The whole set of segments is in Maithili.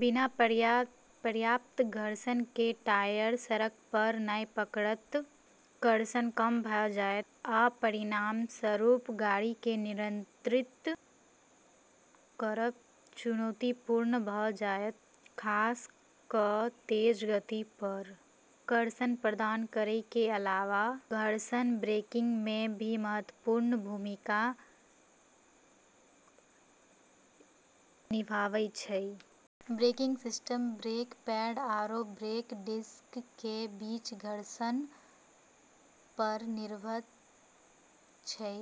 बिना पर्याप्त घर्षण के टायर सड़क पर नै पकड़त, कर्षण कम भ जायत, आ परिणामस्वरूप गाड़ी के नियंत्रित करब चुनौतीपूर्ण भ जायत, खास क तेज गति पर। कर्षण प्रदान करै के अलावा घर्षण ब्रेकिंग में भी महत्वपूर्ण भूमिका निभाबै छै। ब्रेकिंग सिस्टम ब्रेक पैड आरू ब्रेक डिस्क के बीच घर्षण पर निर्भर छै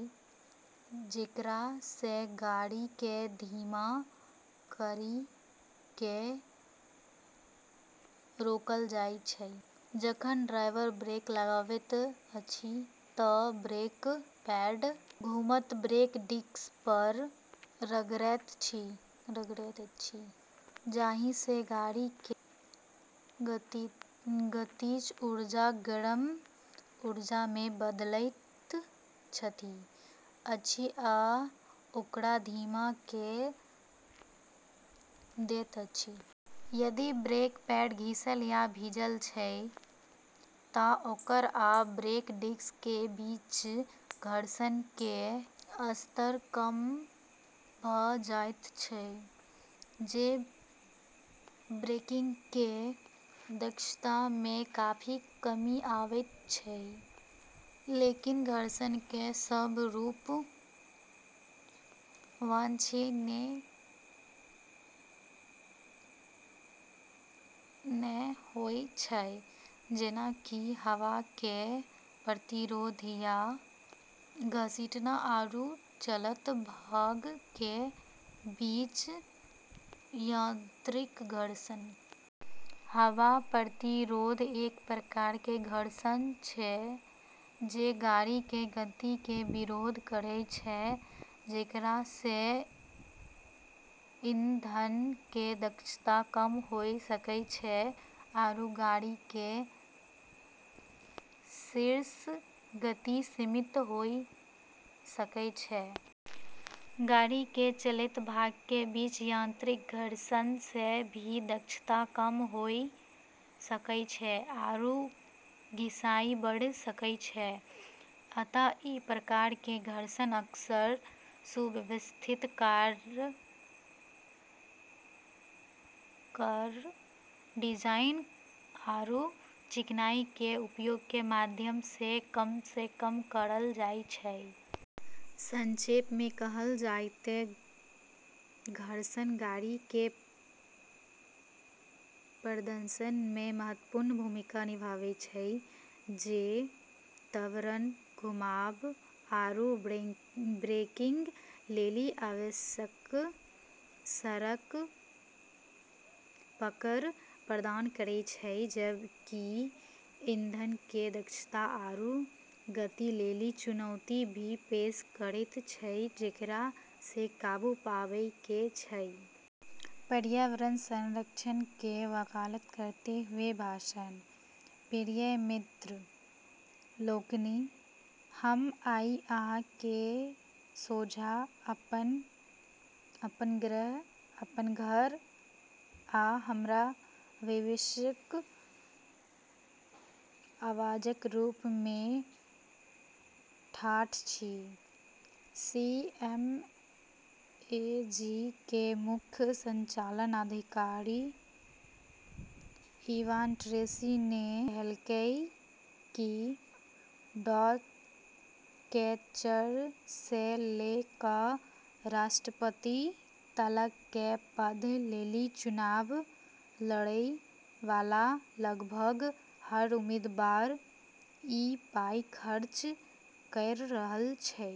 जेकरा से गाड़ी के धीमा करी के रोकल जाय छै। जखन ड्राइवर ब्रेक लगाबैत अछि त ब्रेक पैड घूमैत ब्रेक डिस्क पर रगड़ैत अछि, जाहि से गाड़ी के गतिज ऊर्जा गर्मी ऊर्जा में बदलि जाइत अछि आ ओकरा धीमा क दैत अछि। यदि ब्रेक पैड घिसल या भीजल छै त ओकरा आ ब्रेक डिस्क के बीच घर्षण के स्तर कम भ जायत छै, जे ब्रेकिंग के दक्षता में काफी कमी आबै छै। लेकिन घर्षण के सब रूप वांछनीय नै होय छै, जेना कि हवा के प्रतिरोध या "घसीटना" आरू चलैत भाग के बीच यांत्रिक घर्षण। हवा प्रतिरोध एक प्रकार के घर्षण छै जे गाड़ी के गति के विरोध करै छै, जेकरा से ईंधन के दक्षता कम होय सकै छै आरू गाड़ी के शीर्ष गति सीमित होय सकै छै। गाड़ी के चलैत भाग के बीच यांत्रिक घर्षण से भी दक्षता कम होय सकै छै आरू घिसाई बढ़ी सकै छै। अतः ई प्रकार के घर्षण अक्सर सुव्यवस्थित कार डिजाइन आरू चिकनाई के उपयोग के माध्यम से कम से कम करल जाय छै। संक्षेप में कहल जाय त घर्षण गाड़ी के प्रदर्शन में महत्वपूर्ण भूमिका निभाबै छै, जे त्वरण, घुमाव, आरू ब्रेकिंग लेली आवश्यक सड़क पकड़ प्रदान करै छै जबकि ईंधन के दक्षता आरू गति लेली चुनौती भी पेश करै छै जेकरा से काबू पाबै के छै। पर्यावरण संरक्षण के वकालत करते हुए भाषण। प्रिय मित्र लोकनि, हम आइ अहाँक सोझाँ अपन ग्रह, अपन घर, आ हमर भविष्यक आवाजक रूप में ठाढ़ छी। सीएमएजी के मुख्य संचालन अधिकारी इवान ट्रेसी ने कहलकै कि डॉगकैचर से ल क राष्ट्रपति तलक के पद लेली चुनाव लड़ै वाला लगभग हर उम्मीदवार ई पैसा खर्च करी रहल छै।